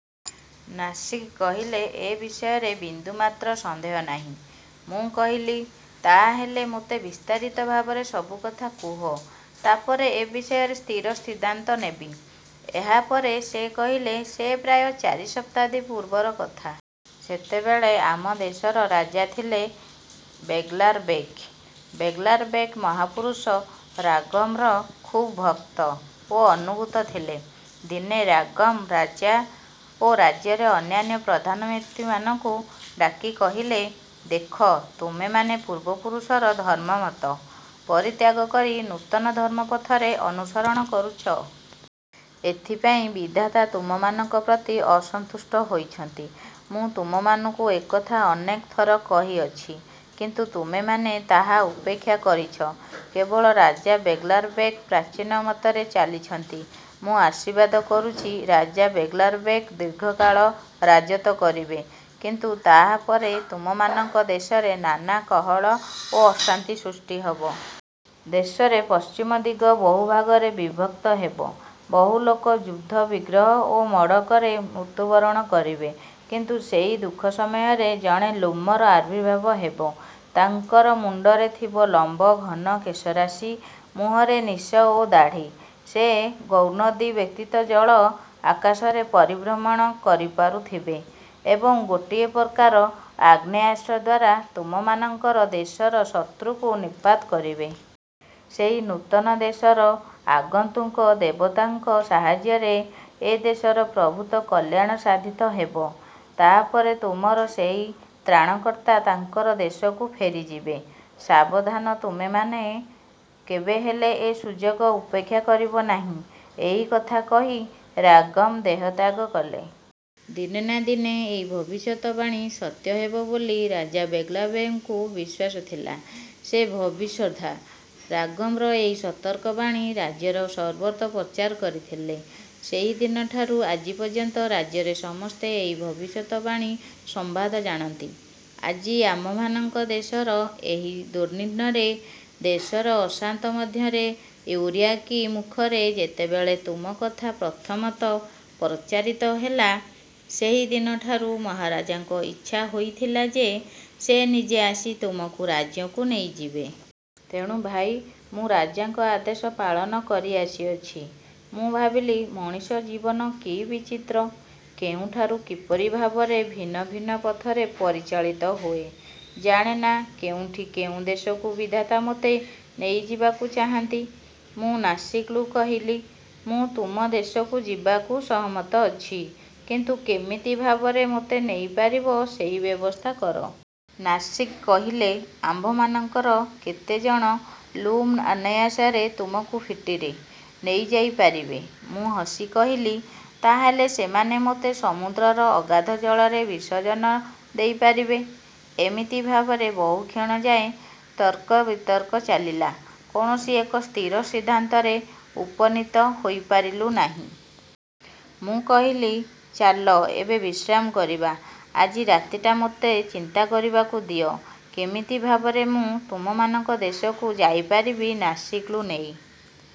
' ନାସିଗ୍ କହିଲେ, ଏ ବିଷୟରେ ବିନ୍ଦୁମାତ୍ର ସନ୍ଦେହ ନାହିଁ। ମୁଁ କହିଲି, ''ତାହାହେଲେ ମୋତେ ବିସ୍ତାରିତ ଭାବରେ ସବୁ କଥା କୁହ, ତାହାପରେ ସେ ବିଷୟରେ ସ୍ଥିର ସିଦ୍ଧାନ୍ତ ନେବି। '' ଏହାପରେ ସେ କହିଲେ 'ସେ ପ୍ରାୟ ଚାରି ଶତାବ୍ଦୀ ପୂର୍ବର କଥା। ସେତେବେଳେ ଆମ ଦେଶର ରାଜା ଥିଲେ ବେଗ୍ମାରବେକ୍। ବେଗ୍ମାରବେକ୍ ମହାପୁରୁଷ ରାଗମ୍ର ଖୁବ୍ ଭକ୍ତ ଓ ଅନୁଗତ ଥିଲେ। ଦିନେ ରାଗମ୍ ରାଜା ଓ ରାଜ୍ୟର ଅନ୍ୟାନ୍ୟ ପ୍ରଧାନ ବ୍ୟକ୍ତିମାନଙ୍କୁ ଡାକି କହିଲେ, ଦେଖ, ତୁମ୍ଭେମାନେ ପୂର୍ବପୁରୁଷର ଧର୍ମମତ ପରିତ୍ୟାଗ କରି ନୂତନ ଧର୍ମପଥରେ ଅନୁସରଣ କରୁଛ। ଏଥିପାଇଁ ବିଧାତା ତୁମ୍ଭମାନଙ୍କ ପ୍ରତି ଅସନ୍ତୁଷ୍ଟ ହୋଇଛନ୍ତି। ମୁଁ ତୁମମାନଙ୍କୁ ଏ କଥା ଅନେକ ଥର କହିଅଛି। କିନ୍ତୁ ତୁମ୍ଭେମାନେ ତାହା ଉପେକ୍ଷା କରିଛ। କେବଳ ରାଜା ବେଗ୍ମାରବେକ୍ ପ୍ରାଚୀନ ମତରେ ଚାଲିଛନ୍ତି। ମୁଁ ଆଶୀର୍ବାଦ କରୁଛି, ରାଜା ବେଗ୍ମାରବେକ୍ ଦୀର୍ଘକାଳ ରାଜତ୍ୱ କରିବେ। କିନ୍ତୁ ତାହାପରେ ତୁମ୍ଭମାନଙ୍କ ଦେଶରେ ନାନା କଳହ ଓ ଅଶାନ୍ତି ସୃଷ୍ଟି ହେବ। ଦେଶରେ ପଶ୍ଚିମ ଦିଗ ବହୁଭାଗରେ ବିଭକ୍ତ ହେବ, ବହୁ ଲୋକ ଯୁଦ୍ଧ ବିଗ୍ରହ ଓ ମଡ଼କରେ ମୃତ୍ୟୁବରଣ କରିବେ। କିନ୍ତୁ ସେଇ ଦୁଃସମୟରେ ଜଣେ ଲ୍ଲୁମର ଆବିର୍ଭାବ ହେବ। ତାଙ୍କର ମୁଣ୍ଡରେ ଥିବ ଲମ୍ବ ଘନ କେଶରାଶି, ମୁହଁରେ ନିଶ ଓ ଦାଢ଼ି,-ସେ ଗ୍ରୌନଦି ବ୍ୟତୀତ ଜଳ ଓ ଆକାଶରେ ପରିଭ୍ରମଣ କରିପାରୁଥିବେ ଏବଂ ଗୋଟିଏ ପ୍ରକାର ଆଗ୍ନେୟାସ୍ତ୍ରଦ୍ୱାରା ତୁମ୍ଭମାନଙ୍କର ଦେଶର ଶତ୍ରୁକୁ ନିପାତ କରିବେ। ସେଇ ନୂତନ ଦେଶର ଆଗନ୍ତୁକ ଦେବତାଙ୍କ ସାହାଯ୍ୟରେ ଏ ଦେଶର ପ୍ରଭୂତ କଲ୍ୟାଣ ସାଧିତ ହେବ। ତାହାପରେ ତୁମର ସେହି ତ୍ରାଣକର୍ତ୍ତା ତାଙ୍କର ଦେଶକୁ ଫେରିଯିବେ। ସାବଧାନ, ତୁମ୍ଭେମାନେ କେବେହେଲେ ଏ ସୁଯୋଗ ଉପେକ୍ଷା କରିବ ନାହିଁ। ଏହି କଥା କହି ରାଗମ୍ ଦେହତ୍ୟାଗ କଲେ। ''ଦିନେ ନା ଦିନେ ଏଇ ଭବିଷ୍ୟତବାଣୀ ସତ୍ୟ ହେବ ବୋଲି ରଜା ବେଗ୍ମାରବେକ୍ଙ୍କ ବିଶ୍ୱାସ ଥିଲା, ସେ ଭବିଷ୍ୟଦ୍ଦଶା, ରାଗମ୍ର ଏହି ସତର୍କ ବାଣୀ ରାଜ୍ୟର ସର୍ବତ୍ର ପ୍ରଚାର କରିଥିଲେ-। ସେହିଦିନଠାରୁ ଆଜି ପର୍ଯ୍ୟନ୍ତ ରାଜ୍ୟର ସମସ୍ତେ ଏହି ଭବିଷ୍ୟତ ବାଣୀର ସମ୍ବାଦ ଜାଣନ୍ତି। ଆଜି ଆମ୍ଭମାନଙ୍କ ଦେଶର ଏହି ଦୁର୍ଦ୍ଦିନରେ, ଦେଶର ଅଶାନ୍ତ ମଧ୍ୟରେ ଇଉଓୟାରକି ମୁଖରେ ଯେତେବେଳେ ତୁମ କଥା ପ୍ରଥମତଃ ପ୍ରଚାରିତ ହେଲା, ସେହିଦିନଠାରୁ ମହାରାଜାଙ୍କର ଇଚ୍ଛା ହୋଇଥିଲା ଯେ, ସେ ନିଜେ ଆସି ତୁମକୁ ରାଜ୍ୟକୁ ନେଇଯିବେ। ତେଣୁ ଭାଇ, ମୁଁ ରାଜାଙ୍କ ଆଦେଶ ପାଳନ କରିଆସିଅଛି। '' ମୁଁ ଭାବିଲି, ମଣିଷ ଜୀବନ କି ବିଚିତ୍ର, କେଉଁଠାରୁ କିପରି ଭାବରେ ଭିନ୍ନ ଭିନ୍ନ ପଥରେ ପରିଚାଳିତ ହୁଏ। ଜାଣେନା କେଉଁଠି କେଉଁ ଦେଶକୁ ବିଧାତା ମୋତେ ନେଇଯିବାକୁ ଚାହାନ୍ତି। ମୁଁ ନାସିଗ୍କୁ କହିଲି, ମୁଁ ତୁମ ଦେଶକୁ ଯିବାକୁ ସମ୍ମତ ଅଛି, କିନ୍ତୁ କେମିତି ଭାବରେ ମୋତେ ନେଇପାରିବ ସେଇ ବ୍ୟବସ୍ଥା କର। ନାସିଗ୍ କହିଲେ,-ଆମ୍ଭମାନଙ୍କର କେତେଜଣ ଲ୍ଲୁମ ଅନାୟାସରେ ତୁମକୁ ପିଠିରେ ନେଇଯାଇପାରିବେ। ମୁଁ ହସି କହିଲି, ''ତାହାହେଲେ ସେମାନେ ମୋତେ ସମୁଦ୍ରର ଅଗାଧ ଜଳରେ ବିସର୍ଜନ ଦେଇପାରିବେ। '' ଏମିତି ଭାବରେ ବହୁକ୍ଷଣ ଯାଏ ତର୍କ ବିତର୍କ ଚାଲିଲା। କୌଣସି ଏକ ସ୍ଥିର ସିଦ୍ଧାନ୍ତରେ ଉପନୀତ ହୋଇପାରିଲୁ ନାହିଁ। ମୁଁ କହିଲି-''ଚାଲ, ଏବେ ବିଶ୍ରାମ କରିବା। ଆଜି ରାତିଟା ମୋତେ ଚିନ୍ତା କରିବାକୁ ଦିଅ, କେମିତି ଭାବରେ ମୁଁ ତୁମମାନଙ୍କ ଦେଶକୁ ଯାଇ ପାରିବି। '' ନାସିଗ୍କୁ ନେଇ